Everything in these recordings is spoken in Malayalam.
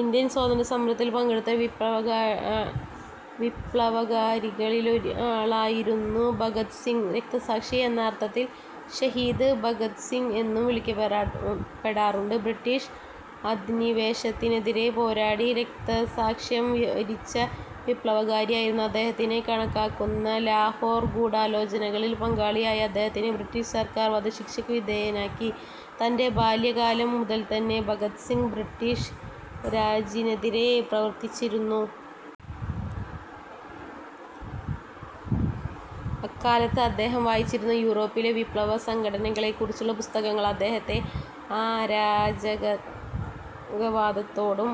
ഇന്ത്യൻ സ്വാതന്ത്ര്യ സമരത്തിൽ പങ്കെടുത്ത വിപ്ലവകാരികളിലൊരാളായിരുന്നു ഭഗത് സിംഗ്. രക്തസാക്ഷി എന്ന അർത്ഥത്തിൽ ശഹീദ് ഭഗത് സിങ് എന്നും വിളിക്കപ്പെടാറുണ്ട്. ബ്രിട്ടീഷ് അധിനിവേശത്തിനെതിരെ പോരാടി രക്തസാക്ഷിത്വം വരിച്ച വിപ്ലവകാരിയായി അദ്ദേഹത്തെ കണക്കാക്കുന്നു. ലാഹോർ ഗൂഢാലോചനയിൽ പങ്കാളിയായ അദ്ദേഹത്തെ ബ്രിട്ടീഷ് സർക്കാർ വധശിക്ഷക്ക് വിധേയനാക്കി. തന്റെ ബാല്യകാലം മുതൽതന്നെ ഭഗത് സിംഗ്, ബ്രിട്ടീഷ് രാജിനെതിരായി പ്രവർത്തിച്ചിരുന്നു. അക്കാലത്ത് അദ്ദേഹം വായിച്ചിരുന്ന യൂറോപിലെ വിപ്ലവ സംഘടനകളെക്കുറിച്ചുള്ള പുസ്തകങ്ങൾ അദ്ദേഹത്തെ അരാജകവാദത്തോടും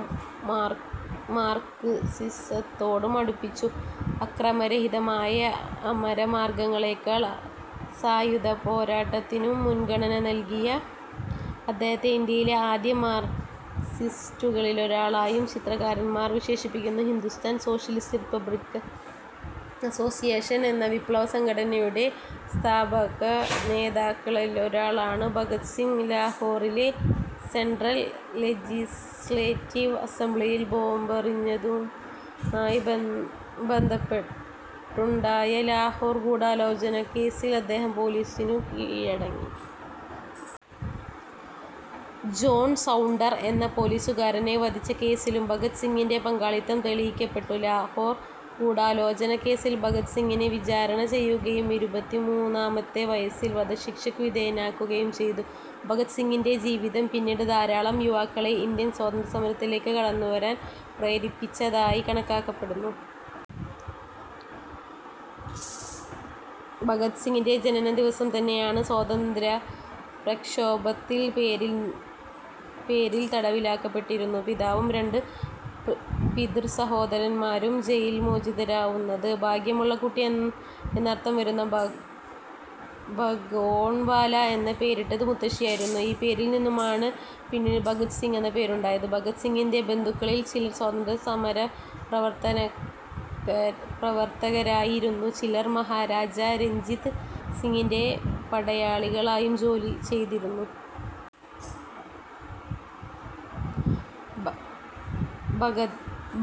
മാർക്സിസത്തോടും അടുപ്പിച്ചു. അക്രമരഹിതമായ സമരമാർഗങ്ങളേക്കാൾ സായുധപോരാട്ടത്തിനു മുൻഗണന നൽകിയ അദ്ദേഹത്തെ ഇന്ത്യയിലെ ആദ്യ മാർക്സിസ്റ്റുകളിലൊരാളായും ചരിത്രകാരന്മാർ വിശേഷിപ്പിക്കുന്നു. ഹിന്ദുസ്ഥാൻ സോഷ്യലിസ്റ്റ് റിപ്പബ്ലിക്കൻ അസ്സോസ്സിയേഷൻ എന്ന വിപ്ലവസംഘടനയുടെ സ്ഥാപകനേതാക്കളിലൊരാളാണ് ഭഗത് സിംഗ്. ലാഹോറിലെ സെൻട്രൽ ലെജിസ്ലേറ്റീവ് അസംബ്ലിയിൽ ബോംബെറിഞ്ഞതുമായി ബന്ധപ്പെട്ടുണ്ടായ ലാഹോർ ഗൂഢാലോചനക്കേസിൽ അദ്ദേഹം പോലീസിനു കീഴടങ്ങി. ജോൺ സൗണ്ടർ എന്ന പോലീസുകാരനെ വധിച്ച കേസിലും ഭഗത് സിംഗിന്റെ പങ്കാളിത്തം തെളിയിക്കപ്പെട്ടു. ലാഹോർ ഗൂഢാലോചനാ കേസ്സിൽ ഭഗത് സിംഗിനെ വിചാരണ ചെയ്യുകയും ഇരുപത്തിമൂന്നാമത്തെ വയസ്സിൽ വധശിക്ഷക്കു വിധേയനാക്കുകയും ചെയ്തു. ഭഗത് സിംഗിന്റെ ജീവിതം പിന്നീട് ധാരാളം യുവാക്കളെ ഇന്ത്യൻ സ്വാതന്ത്ര്യസമരത്തിലേക്ക് കടന്നുവരാൻ പ്രേരിപ്പിച്ചതായി കണക്കാക്കപ്പെടുന്നു. ഭഗത് സിംഗിന്റെ ജനനദിവസം തന്നെയാണ് സ്വാതന്ത്ര്യപ്രക്ഷോഭത്തിന്റെ പേരിൽ തടവിലാക്കപ്പെട്ടിരുന്ന പിതാവും രണ്ട് പിതൃസഹോദരന്മാരും ജയിൽമോചിതരാവുന്നത്. ഭാഗ്യമുള്ള കുട്ടി എന്നർത്ഥം വരുന്ന ഭഗോൺവാല എന്ന പേരിട്ടത് മുത്തശ്ശിയായിരുന്നു. ഈ പേരിൽ നിന്നുമാണ് പിന്നീട് ഭഗത് സിംഗ് എന്ന പേരുണ്ടായത്. ഭഗത് സിംഗിന്റെ ബന്ധുക്കളിൽ ചിലർ സ്വാതന്ത്ര്യസമരപ്രവർത്തകരായിരുന്നു, ചിലർ മഹാരാജാ രഞ്ജിത് സിങ്ങിന്റെ പടയാളികളായും ജോലി ചെയ്തിരുന്നു.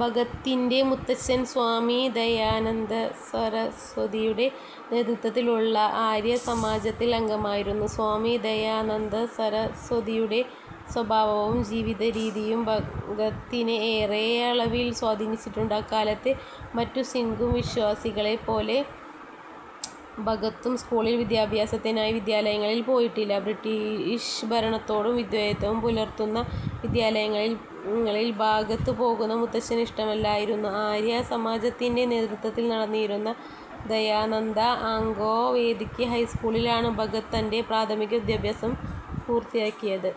ഭഗത്തിന്റെ മുത്തച്ഛൻ, സ്വാമി ദയാനന്ദസരസ്വതിയുടെ നേതൃത്വത്തിലുള്ള ആര്യസമാജത്തിൽ അംഗമായിരുന്നു. സ്വാമി ദയാനന്ദസരസ്വതിയുടെ സ്വഭാവവും ജീവിതരീതിയും ഭഗത്തിനെ ഏറെയളവിൽ സ്വാധീനിച്ചിട്ടുണ്ട്. അക്കാലത്തെ മറ്റു സിഖു വിശ്വാസികളെപ്പോലെ ഭഗത്തും സ്കൂൾ വിദ്യാഭ്യാസത്തിനായി വിദ്യാലയങ്ങളിൽ പോയിട്ടില്ല. ബ്രിട്ടീഷ് ഭരണത്തോടു വിധേയത്വം പുലർത്തുന്ന വിദ്യാലയങ്ങളിൽ ഭഗത്ത് പോകുന്നത് മുത്തച്ഛന് ഇഷ്ടമല്ലായിരുന്നു. ആര്യസമാജത്തിന്റെ നേതൃത്വത്തിൽ നടത്തിയിരുന്ന ദയാനന്ദ ആംഗ്ലോ വേദിക്ക് ഹൈസ്കൂളിലാണ് ഭഗത് തന്റെ പ്രാഥമിക വിദ്യാഭ്യാസം പൂർത്തിയാക്കിയത്.